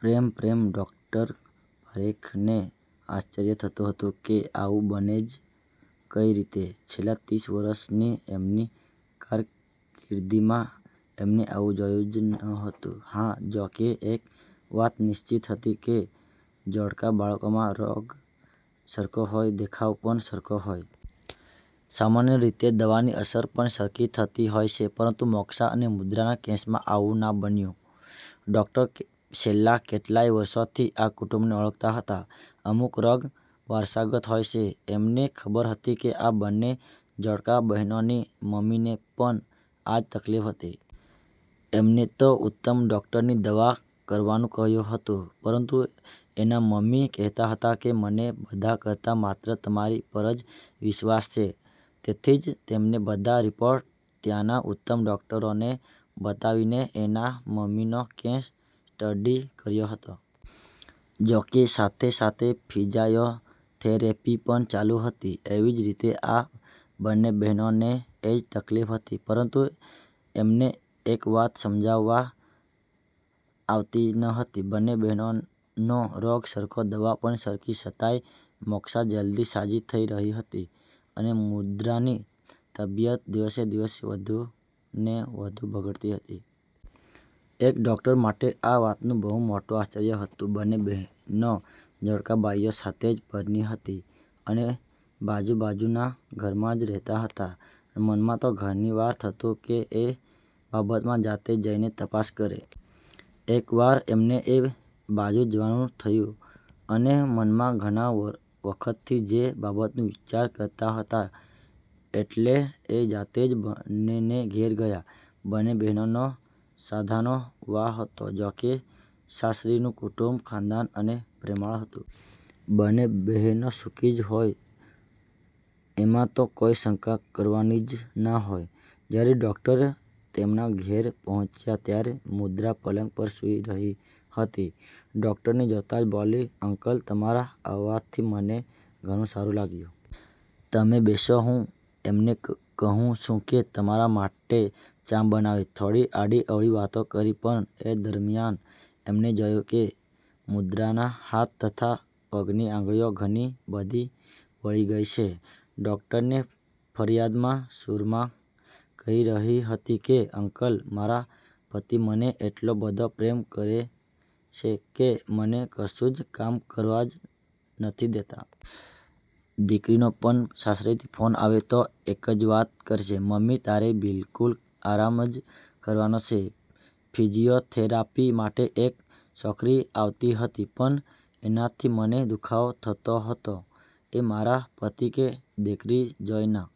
પ્રેમ, પ્રેમ! ડોક્ટર પારેખને આશ્ચર્ય થતું હતું કે આવું બને જ કઈ રીતે? છેલ્લા ત્રીસ વર્ષની એમની કારકિર્દીમાં એમને આવું જોયુ જ ન હતું. હા, જો કે એક વાત નિશ્ચિત હતી કે જોડકા બાળકોમાં રોગ સરખો હોય, દેખાવ પણ સરખો હોય. સામાન્ય રીતે દવાની અસર પણ સરખી થતી હોય છે. પરંતુ મોક્ષા અને મુદ્રાના કેસમાં આવું ના બન્યું. ડોક્ટર છેલ્લા કેટલાય વર્ષોથી આ કુટુંબને ઓળખતા હતા. અમુક રોગ વારસાગત હોય છે. એમને ખબર હતી કે આ બંને જોડકા બહેનોની મમ્મીને પણ આ જ તકલીફ હતી. એમને તો ઉત્તમ ડોક્ટરની દવા કરવાનું કહ્યું હતું પરંતુ એના મમ્મી કહેતા હતાં કે,"મને બધા કરતાં માત્ર તમારી પર જ વિશ્વાસ છે." તેથી જ એમને બધા રિપોર્ટ ત્યાંના ઉત્તમ ડોક્ટરોને બતાવીને એના મમ્મીનો કેસ સ્ટડી કર્યો હતો. જો કે સાથે-સાથે ફિજીયોથેરેપી પણ ચાલુ હતી. એવી જ રીતે આ બંને બહેનોને એ જ તકલીફ હતી. પરંતુ એમને એક વાત સમજમાં આવતી ન હતી, બંને બહેનોને રોગ સરખો, દવા પણ સરખી, છતાંય મોક્ષા જલ્દી સાજી થઈ રહી હતી અને મુદ્રાની તબિયત દિવસે-દિવસે વધુને વધુ બગડતી હતી. એક ડોક્ટર માટે આ વાતનું બહુ મોટું આશ્ચર્ય હતું. બંને બહેનો જોડકા ભાઈઓ સાથે જ પરણી હતી, અને બાજુ-બાજુના ઘરમાં જ રહેતા હતા. મનમાં તો ઘણીવાર થતું કે એ બાબતમાં જાતે જઈને તપાસ કરે. એકવાર એમને એ બાજુ જવાનું થયું અને મનમાં ઘણા વખતથી જે બાબતમાં વિચાર કરતા હતાં એટલે એ જાતે જ બંનેને ઘેર ગયા. બંને બહેનોને સાંધાનો વા હતો. જો કે સાસરીનું કુટુંબ ખાનદાન અને પ્રેમાળ હતું. બંને બહેનો સુખી જ હોય એમાં તો કોઈ શંકા કરવાની જ ના હોય. જ્યારે ડોક્ટર તેમના ઘેર પહોંચ્યા ત્યારે મુદ્રા પલંગ પર સૂઈ રહી હતી. ડોક્ટર ને જોતા જ બોલી,"અંકલ, તમારા આવવાથી મને ઘણું સારું લાગ્યું. તમે બેસો, હું એમને કહું છું કે તમારા માટે ચા બનાવે." થોડી આડીઅવળી વાતો કરી પણ એ દરમ્યાન એમણે જોયું કે મુદ્રાના હાથ તથા પગની આંગળીઓ ઘણી બધી વળી ગઈ છે. ડોક્ટરને ફરિયાદના સૂરમાં કહી રહી હતી કે, "અંકલ, મારા પતિ મને એટલો બધો પ્રેમ કરે છે કે મને કશું જ કામ કરવા જ નથી દેતાં. દીકરીનો પણ સાસરેથી ફોન આવે તો એક જ વાત કરશે, "મમ્મી, તારે બિલકુલ આરામ જ કરવાનો છે." ફિઝિયોથેરાપી માટે એક છોકરી આવતી હતી પણ એનાથી મને દુખાવો થતો હતો એ મારા પતિ કે દીકરી જોઈ ના